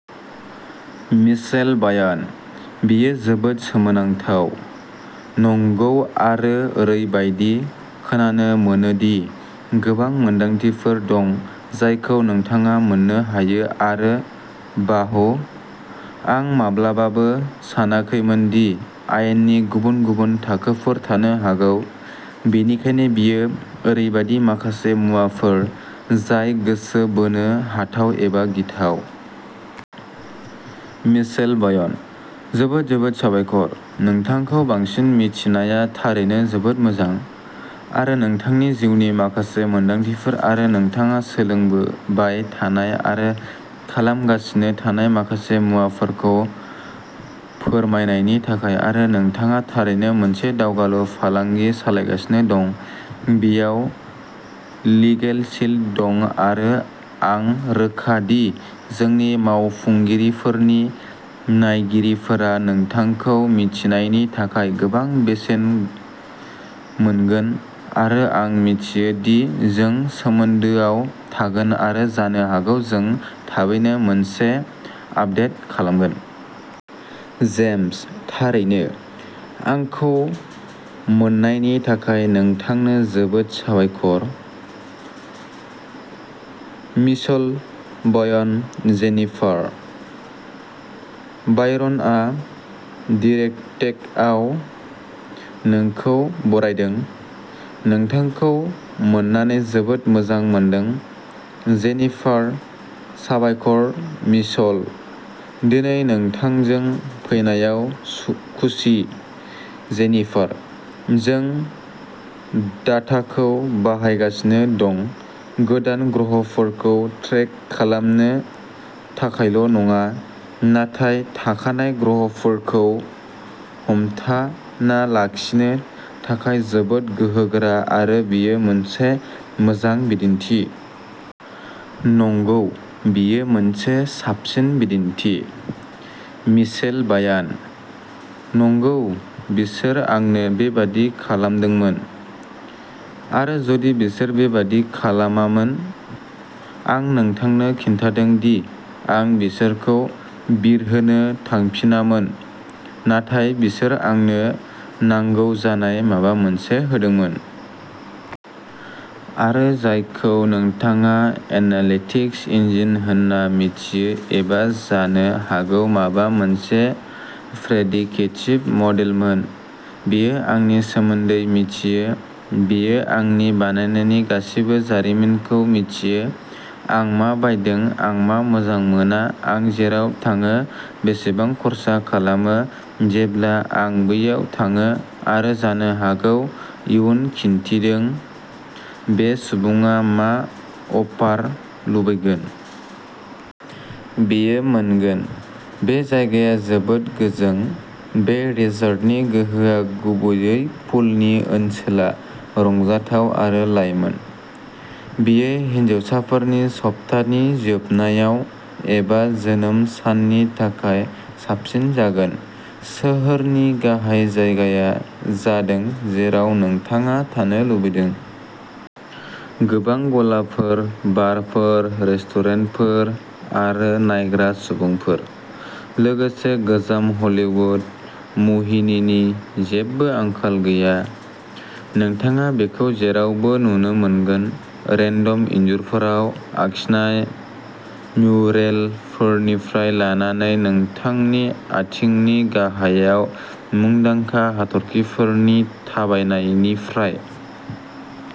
Michelle बायानः बेयो जोबोद सोमोनांथाव। नंगौ आरो ओरैबायदि खोनानो मोनो दि गोबां मोनदांथिफोर दं जायखौ नोंथाङा मोननो हायो आरो बाह, आं माब्लाबाबो सानाखैमोन दि आयेननि गुबुन-गुबुन थाखोफोर थानो हागौ। बेनिखायनो बेयो ओरैबायदि माखासे मुवाफोर जाय गोसो बोनो हाथाव एबा गिथाव। मिशेल बायनः जोबोद जोबोद साबायखर। नोंथांखौ बांसिन मिथिनाया थारैनो जोबोद मोजां। आरो नोंथांनि जिउनि माखासे मोनदांथिफोर आरो नोंथाङा सोलोंबाय थानाय आरो खालामगासिनो थानाय माखासे मुवाफोरखौ फोरमायनायनि थाखाय आरो नोंथाङा थारैनो मोनसे दावगालु फालांगि सालायगासिनो दं, बेयाव लिगेलशील्ड दं आरो आं रोखा दि जोंनि मावफुंगिरिफोरनि नायगिरिफोरा नोंथांखौ मिथिनायनि थाखाय गोबां बेसेन मोनगोन आरो आं मिथियो दि जों सोमोन्दोआव थागोन आरो जानो हागौ जों थाबैनो मोनसे आपदेट खालामगोन। जेम्सः थारैनो। आंखौ मोननायनि थाखाय नोंथांनो जोबोद साबायखर। Michelle बायनः Jennifer. बायर्नआ डिरेकटेकआव नोंखौ बरायदों। नोंथांखौ मोननानै जोबोद मोजां मोनदों। जेनिफारः साबायखर, मिशेल। दिनै नोंथांजों फैनायाव खुसि। जेनिफारः जों डाटाखौ बाहायगासिनो दं, गोदान ग्राहकफोरखौ ट्रेक खालामनो थाखायल'नङा, नाथाय थाखानाय ग्राहकफोरखौ हमथाना लाखिनो थाखाय जोबोद गोहोगोरा आरो बेयो मोनसे मोजां बिदिन्थि। नंगौ, बेयो मोनसे साबसिन बिदिन्थि। मिशेल बायानः नंगौ, बिसोर आंनो बेबादि खालामदोंमोन। आरो जुदि बिसोर बेबादि खालामामोन। आं नोंथांनो खिन्थादों दि आं बिसोरखौ बिरहोनो थांफिनामोन नाथाय बिसोर आंनो नांगौ जानाय माबा मोनसे होदोंमोन। आरो जायखौ नोंथाङा एनालिटिक्स इन्जिन होन्ना मिथियो एबा जानो हागौ माबा मोनसे प्रेडिक्टिभ मडेलमोन, बेयो आंनि सोमोन्दै मिथियो, बेयो आंनि बायनायनि गासिबो जारिमिनखौ मिथियो, आं मा बायदों, आं मा मोजां मोना, आं जेराव थाङो, बेसेबां खर्सा खालामो, जेब्ला आं बैयाव थाङो आरो जानो हागौ इयुन खिन्थिदों, बे सुबुङा मा अफार लुबैगोन। बेयो मोनगोन। बे जायगाया जोबोद गोजों! बे रिसर्टनि गोहोआ, गुबैयै पुलनि ओनसोला, रंजाथाव आरो लाइमोन। बेयो हिनजावसाफोरनि सप्तानि जोबनायाव एबा जोनोम साननि थाखाय साबसिन जागोन। सोहोरनि गाहाय जायगाया जादों जेराव नोंथाङा थानो लुबैदों। गोबां गलाफोर, बारफोर, रेस्टुरेन्टफोर आरो नायग्रा सुबुंफोर। लोगोसे, गोजाम हलीवुड मुहिनिनि जेबो आंखाल गैया! नोंथाङा बेखौ जेरावबो नुनो मोनगोन, रेन्डम इन्जुरफोराव आखिनाय म्युरेलफोरनिफ्राय लानानै नोंथांनि आथिंनि गाहायाव मुंदांखा हाथरखिफोरनि थाबायनायनिफ्राय।